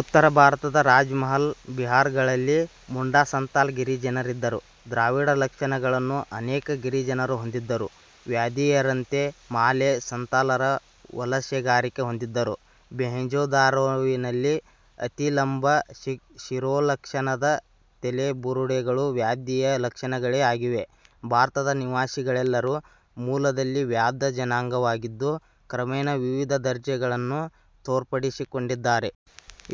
ಉತ್ತರ ಭಾರತದ ರಾಜಮಹಲ್, ಬಿಹಾರಗಳಲ್ಲಿ ಮುಂಡಾ, ಸಂತಾಲ ಗಿರಿಜನರಿದ್ದರು. ದ್ರಾವಿಡ ಲಕ್ಷಣಗಳನ್ನು ಅನೇಕ ಗಿರಿಜನರು ಹೊಂದಿದ್ದರು. ವ್ಯಾಧೀಯರಂತೆ ಮಾಲೆ, ಸಂತಾಲರ ವಲಸೆಗಾರಿಕೆ ಹೊಂದಿದ್ದರು. ಮೊಹೆಂಜೋದಾರೊವಿನಲ್ಲಿ ಅತಿಲಂಬ ಶಿರೋಲಕ್ಷಣದ ತಲೆಬುರುಡೆಗಳು ವ್ಯಾಧಿಯ ಲಕ್ಷಣಗಳೇ ಆಗಿವೆ. ಭಾರತದ ನಿವಾಸಿಗಳೆಲ್ಲರೂ ಮೂಲದಲ್ಲಿ ವ್ಯಾಧ ಜನಾಂಗವಾಗಿದ್ದು, ಕ್ರಮೇಣ ವಿವಿಧ ದರ್ಜೆಗಳನ್ನು ತೋರ್ಪಡಿಸಿಕೊಂಡಿದ್ದಾರೆ.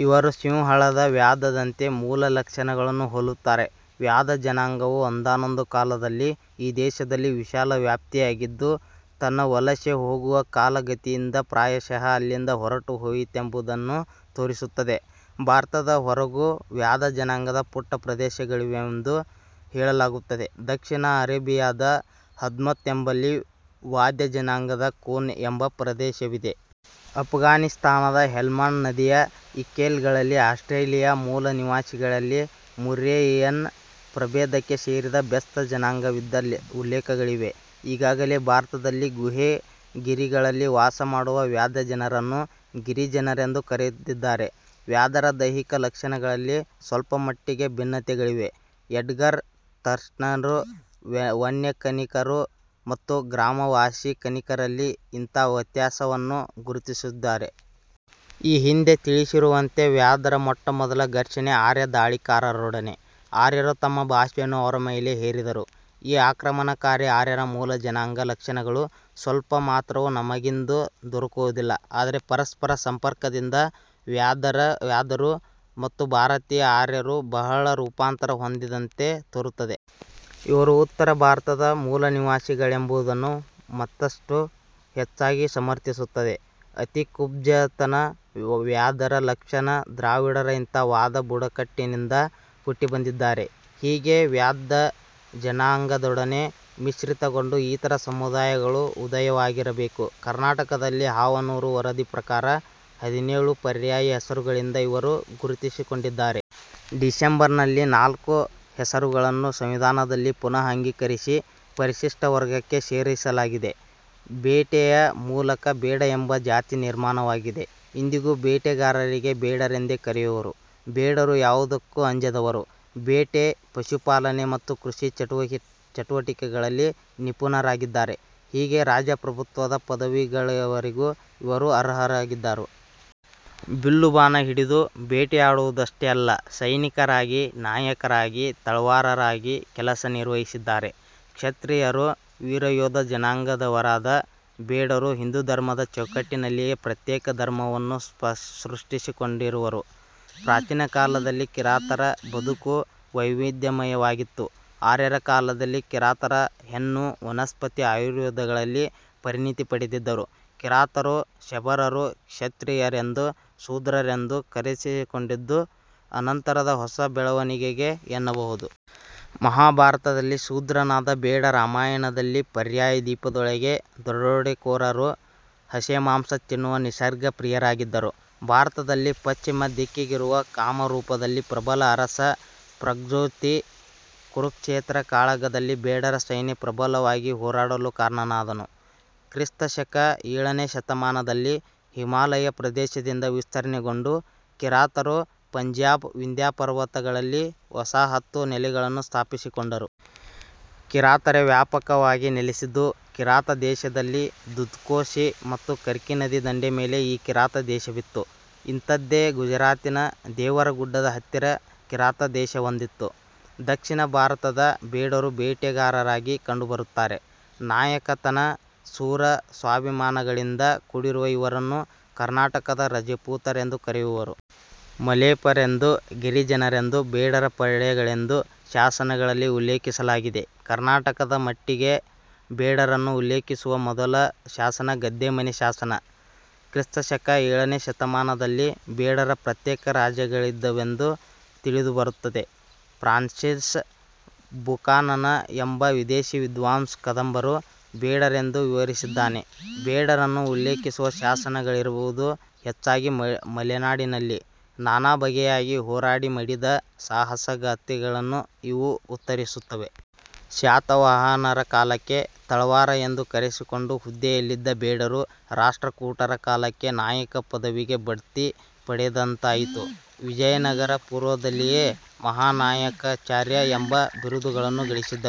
ಇವರು ಸಿಂಹಳದ ವ್ಯಾಧದಂತೆ ಮೂಲ ಲಕ್ಷಣಗಳನ್ನು ಹೋಲುತ್ತಾರೆ. ವ್ಯಾಧ ಜನಾಂಗವು ಒಂದಾನೊಂದು ಕಾಲದಲ್ಲಿ ಈ ದೇಶದಲ್ಲಿ ವಿಶಾಲ ವ್ಯಾಪಿಯಾಗಿದ್ದು ತನ್ನ ವಲಸೆ ಹೋಗುವ ಕಾಲಗತಿಯಿಂದ ಪ್ರಾಯಶಃ ಅಲ್ಲಿಂದ ಹೊರಟು ಹೋಯಿತೆಂಬುದನ್ನು ತೋರಿಸುತ್ತದೆ. ಭಾರತದ ಹೊರಗೂ ವ್ಯಾದ ಜನಾಂಗದ ಪುಟ್ಟ ಪ್ರದೇಶಗಳಿವೆಂದು ಹೇಳಲಾಗುತ್ತದೆ. ದಕ್ಷಿಣ ಅರೇಬಿಯಾದ ಹಧ್ಮತ್ ಎಂಬಲ್ಲಿ ವಾದ್ಯ ಜನಾಂಗದ 'ಕೂನ್' ಎಂಬ ಪ್ರದೇಶವಿದೆ. ಆಫ್ಘಾನಿಸ್ತಾನದ ಹೆಲ್ಮಾಂಡ್ ನದಿಯ ಇಕ್ಕೆಲಗಳಲ್ಲಿ, ಆಸ್ಟ್ರೇಲಿಯಾ ಮೂಲನಿವಾಸಿಗಳಲ್ಲಿ ಮುರ್ರೇಯಿಯನ್ ಪ್ರಭೇದಕ್ಕೆ ಸೇರಿದ ಬೆಸ್ತ ಜನಾಂಗವಿದ್ದ ಉಲ್ಲೇಖಗಳಿವೆ ಈಗಾಗಲೇ ಭಾರತದಲ್ಲಿ 'ಗುಹೆ, ಗಿರಿಗಳಲ್ಲಿ ವಾಸ ಮಾಡುವ ವ್ಯಾಧ ಜನರನ್ನು ಗಿರಿಜನರೆಂದು ಕರೆದಿದ್ದಾರೆ. ವ್ಯಾಧರ ದೈಹಿಕ ಲಕ್ಷಣಗಳಲ್ಲಿ ಸ್ವಲ್ಪಮಟ್ಟಿಗೆ ಭಿನ್ನತೆಗಳಿವೆ. ಎಡ್ಗರ್ ಥರ್ಸ್ಟನ್ರು ವನ್ಯಕಣಿಕರು ಮತ್ತು ಗ್ರಾಮ ವಾಸೀ ಕಣಿಕರಲ್ಲಿ ಇಂಥಾ ವ್ಯತ್ಯಾಸವನ್ನು ಗುರುತಿಸುತ್ತಿದ್ದಾರೆ. ಈ ಹಿಂದೆ ತಿಳಿಸಿರುವಂತೆ ವ್ಯಾಧರ ಮೊಟ್ಟಮೊದಲ ಘರ್ಷಣೆ ಆರ್ಯ ಧಾಳಿಕಾರರೊಡನೆ. ಆರ್ಯರು ತಮ್ಮ ಭಾಷೆಯನ್ನು ಅವರ ಮೇಲೆ ಹೇರಿದರು. ಈ ಆಕ್ರಮಣಕಾರೀ ಆರ್ಯರ ಮೂಲ ಜನಾಂಗ ಲಕ್ಷಣಗಳು ಸ್ವಲ್ಪ ಮಾತ್ರವೂ ನಮಗಿಂದು ದೊರಕುವುದಿಲ್ಲ. ಆದರೆ ಪರಸ್ಪರ ಸಂಪರ್ಕದಿಂದ ವ್ಯಾಧರು ಮತ್ತು ಭಾರತೀಯ ಆರ್ಯರು ಬಹಳ ರೂಪಾಂತರ ಹೊಂದಿದಂತೆ ತೋರುತ್ತದೆ. ಇವರು ಉತ್ತರ ಭಾರತದ ಮೂಲನಿವಾಸಿಗಳೆಂಬುದನ್ನು ಮತ್ತಷ್ಟು ಹೆಚ್ಚಾಗಿ ಸಮರ್ಥಿಸುತ್ತದೆ. ಅತೀ ಕುಬ್ಜತನ ವ್ಯಾಧರ ಲಕ್ಷಣ. ದ್ರಾವಿಡರ ಇಂಥಾ ವಾಧ ಬುಡಕಟ್ಟಿನಿಂದ ಹುಟ್ಟಿ ಬಂದಿದ್ದಾರೆ. ಹೀಗೆ ವ್ಯಾಧ ಜನಾಂಗದೊಡನೆ ಮಿಶ್ರಿತಗೊಂಡು ಇತರ ಸಮುದಾಯಗಳು ಉದಯವಾಗಿರಬೇಕು. ಕರ್ನಾಟಕದಲ್ಲಿ ಹಾವನೂರು ವರದಿ ಪ್ರಕಾರ ಹದಿನೇಳು ಪರ್ಯಾಯ ಹೆಸರುಗಳಿಂದ ಇವರು ಗುರುತಿಸಿಕೊಂಡಿದ್ದಾರೆ. ಡಿಸೆಂಬರ್ನಲ್ಲಿ ನಾಲ್ಕು ಹೆಸರುಗಳನ್ನು ಸಂವಿಧಾನದಲ್ಲಿ ಪುನಃ ಅಂಗೀಕರಿಸಿ ಪರಿಶಿಷ್ಟ ವರ್ಗಕ್ಕೆ ಸೇರಿಸಲಾಗಿದೆ. ಬೇಟೆಯ ಮೂಲಕ ಬೇಡ ಎಂಬ ಜಾತಿ ನಿರ್ಮಾಣವಾಗಿದೆ. ಇಂದಿಗೂ ಬೇಟೆಗಾರರಿಗೆ ಬೇಡರೆಂದೇ ಕರೆಯುವರು. ಬೇಡರು ಯಾವುದಕ್ಕೂ ಅಂಜದವರು. ಬೇಟೆ, ಪಶುಪಾಲನೆ ಮತ್ತು ಕೃಷಿ ಚಟುವಟಿಕೆಗಳಲ್ಲಿ ನಿಪುಣರಾಗಿದ್ದರು. ಹೀಗೆ ರಾಜಪ್ರಭುತ್ವದ ಪದವಿಗಳವರೆಗೂ ಇವರು ಅರ್ಹರಾಗಿದ್ದರು. ಬಿಲ್ಲುಬಾಣ ಹಿಡಿದು ಬೇಟೆಯಾಡುವುದಷ್ಟೇ ಅಲ್ಲ. ಸೈನಿಕರಾಗಿ, ನಾಯಕರಾಗಿ, ತಳವಾರರಾಗಿ ಕೆಲಸ ನಿರ್ವಹಿಸಿದ್ದಾರೆ. ಕ್ಷತ್ರಿಯರು, ವೀರಯೋಧ ಜನಾಂಗದವರಾದ ಬೇಡರು ಹಿಂದೂಧರ್ಮದ ಚೌಕಟ್ಟಿನಲ್ಲಿಯೇ ಪ್ರತ್ಯೇಕ ಧರ್ಮವನ್ನು ಸೃಷ್ಟಿಸಿಕೊಂಡಿರುವರು. ಪ್ರಾಚೀನ ಕಾಲದಲ್ಲಿ ಕಿರಾತರ ಬದುಕು ವೈವಿಧ್ಯಮಯವಾಗಿತ್ತು. ಆರ್ಯರ ಕಾಲದಲ್ಲಿ ಕಿರಾತರ ಹೆಣ್ಣು, ವನಸ್ಪತಿ, ಆಯುರ್ವೇದಗಳಲ್ಲಿ ಪರಿಣಿತಿ ಪಡೆದಿದ್ದರು. ಕಿರಾತರು, ಶಬರರು ಕ್ಷತ್ರಿಯರೆಂದು, ಶೂದ್ರರೆಂದು ಕರೆಸಿಕೊಂಡಿದ್ದು, ಅನಂತರದ ಹೊಸ ಬೆಳವಣಿಗೆಗೆ ಎನ್ನಬಹುದು. ಮಹಾಭಾರತದಲ್ಲಿ ಶೂದ್ರನಾದ ಬೇಡ, ರಾಮಾಯಣದಲ್ಲಿ, ಪರ್ಯಾಯ ದ್ವೀಪದೊಳಗೆ ದರೋಡೆಕೋರರು, ಹಸೆಮಾಂಸ ತಿನ್ನುವ ನಿಸರ್ಗ ಪ್ರಿಯರಾಗಿದ್ದರು. ಭಾರತದಲ್ಲಿ ಪಶ್ಚಿಮ ದಿಕ್ಕಿಗಿರುವ ಕಾಮರೂಪದಲ್ಲಿ ಪ್ರಬಲ ಅರಸ 'ಪ್ರಗ್ಜೊತಿ' ಕುರುಕ್ಷೇತ್ರ ಕಾಳಗದಲ್ಲಿ ಬೇಡರ ಸೈನ್ಯ ಪ್ರಬಲವಾಗಿ ಹೋರಾಡಲು ಕಾರಣನಾದನು. ಕ್ರಿಸ್ತ ಶಕ ಎಳನೆ ಶತಮಾನದಲ್ಲಿ ಹಿಮಾಲಯ ಪ್ರದೇಶದಿಂದ ವಿಸ್ತರಣೆಗೊಂಡು ಕಿರಾತರು, ಪಂಜಾಬ್, ವಿಂದ್ಯಾಪರ್ವತಗಳಲ್ಲಿ ವಸಾಹತು ನೆಲೆಗಳನ್ನು ಸ್ಥಾಪಿಸಿಕೊಂಡರು. ಕಿರಾತರೇ ವ್ಯಾಪಕವಾಗಿ ನೆಲೆಸಿದ್ದು ಕಿರಾತ ದೇಶದಲ್ಲಿ ದುದ್ಕೋಶಿ ಮತ್ತು ಕರ್ಕಿನದಿ ದಂಡೆ ಮೇಲೆ ಈ ಕಿರಾತ ದೇಶವಿತ್ತು. ಇಂಥದ್ದೇ ಗುಜರಾತಿನ ದೇವರಗುಡ್ಡದ ಹತ್ತಿರ ಕಿರಾತ ದೇಶವೊಂದಿತ್ತು. ದಕ್ಷಿಣ ಭಾರತದ ಬೇಡರು ಬೇಟೆಗಾರರಾಗಿ ಕಂಡು ಬರುತ್ತಾರೆ. ನಾಯಕತನ ಶೂರ, ಸ್ವಾಭಿಮಾನಗಳಿಂದ ಕೂಡಿರುವ ಇವರನ್ನು ಕರ್ನಾಟಕದ ರಜಪೂತರೆಂದು ಕರೆಯುವರು. ಮಲೆಪರೆಂದು, ಗಿರಿಜನರೆಂದು, ಬೇಡರ ಪಡೆಗಳೆಂದು ಶಾಸನಗಳಲ್ಲಿ ಉಲ್ಲೇಖಿಸಲಾಗಿದೆ. ಕರ್ನಾಟಕದ ಮಟ್ಟಿಗೆ ಬೇಡರನ್ನು ಉಲ್ಲೇಖಿಸುವ ಮೊದಲ ಶಾಸನ ಗದ್ದೆಮನೆ ಶಾಸನ. ಕ್ರಿಸ್ತ ಶಕ ಎಳನೆ ಶತಮಾನದಲ್ಲಿ ಬೇಡರ ಪ್ರತ್ಯೇಕ ರಾಜ್ಯಗಳಿದ್ದವೆಂದು ತಿಳಿದುಬರುತ್ತದೆ. ಫ್ರಾನ್ಸಿಸ್ ಬುಕಾನನ್ ಎಂಬ ವಿದೇಶಿ ವಿದ್ವಾಂಸ ಕದಂಬರು ಬೇಡರೆಂದು ವಿವರಿಸಿದ್ದಾನೆ. ಬೇಡರನ್ನು ಉಲ್ಲೇಖಿಸುವ ಶಾಸನಗಳಿರುವುದು ಹೆಚ್ಚಾಗಿ ಮಲೆನಾಡಿನಲ್ಲಿ, ನಾನಾ ಬಗೆಯಾಗಿ ಹೋರಾಡಿ, ಮಡಿದ ಸಾಹಸಗಾಥೆಗಳನ್ನು ಇವು ಉತ್ತರಿಸುತ್ತವೆ. ಶಾತವಾಹನರ ಕಾಲಕ್ಕೆ ತಳವಾರ ಎಂದು ಕರೆಸಿಕೊಂಡು ಹುದ್ದೆಯಲ್ಲಿದ್ದ ಬೇಡರು, ರಾಷ್ಟ್ರಕೂಟರ ಕಾಲಕ್ಕೆ 'ನಾಯಕ' ಪದವಿಗೆ ಬಡ್ತಿ ಪಡೆದಂತಾಯಿತು. ವಿಜಯನಗರ ಪೂರ್ವದಲ್ಲಿಯೇ ಮಹಾನಾಯಕಚಾರ್ಯ ಎಂಬ ಬಿರುದುಗಳನ್ನು ಗಳಿಸಿದ್ದರು.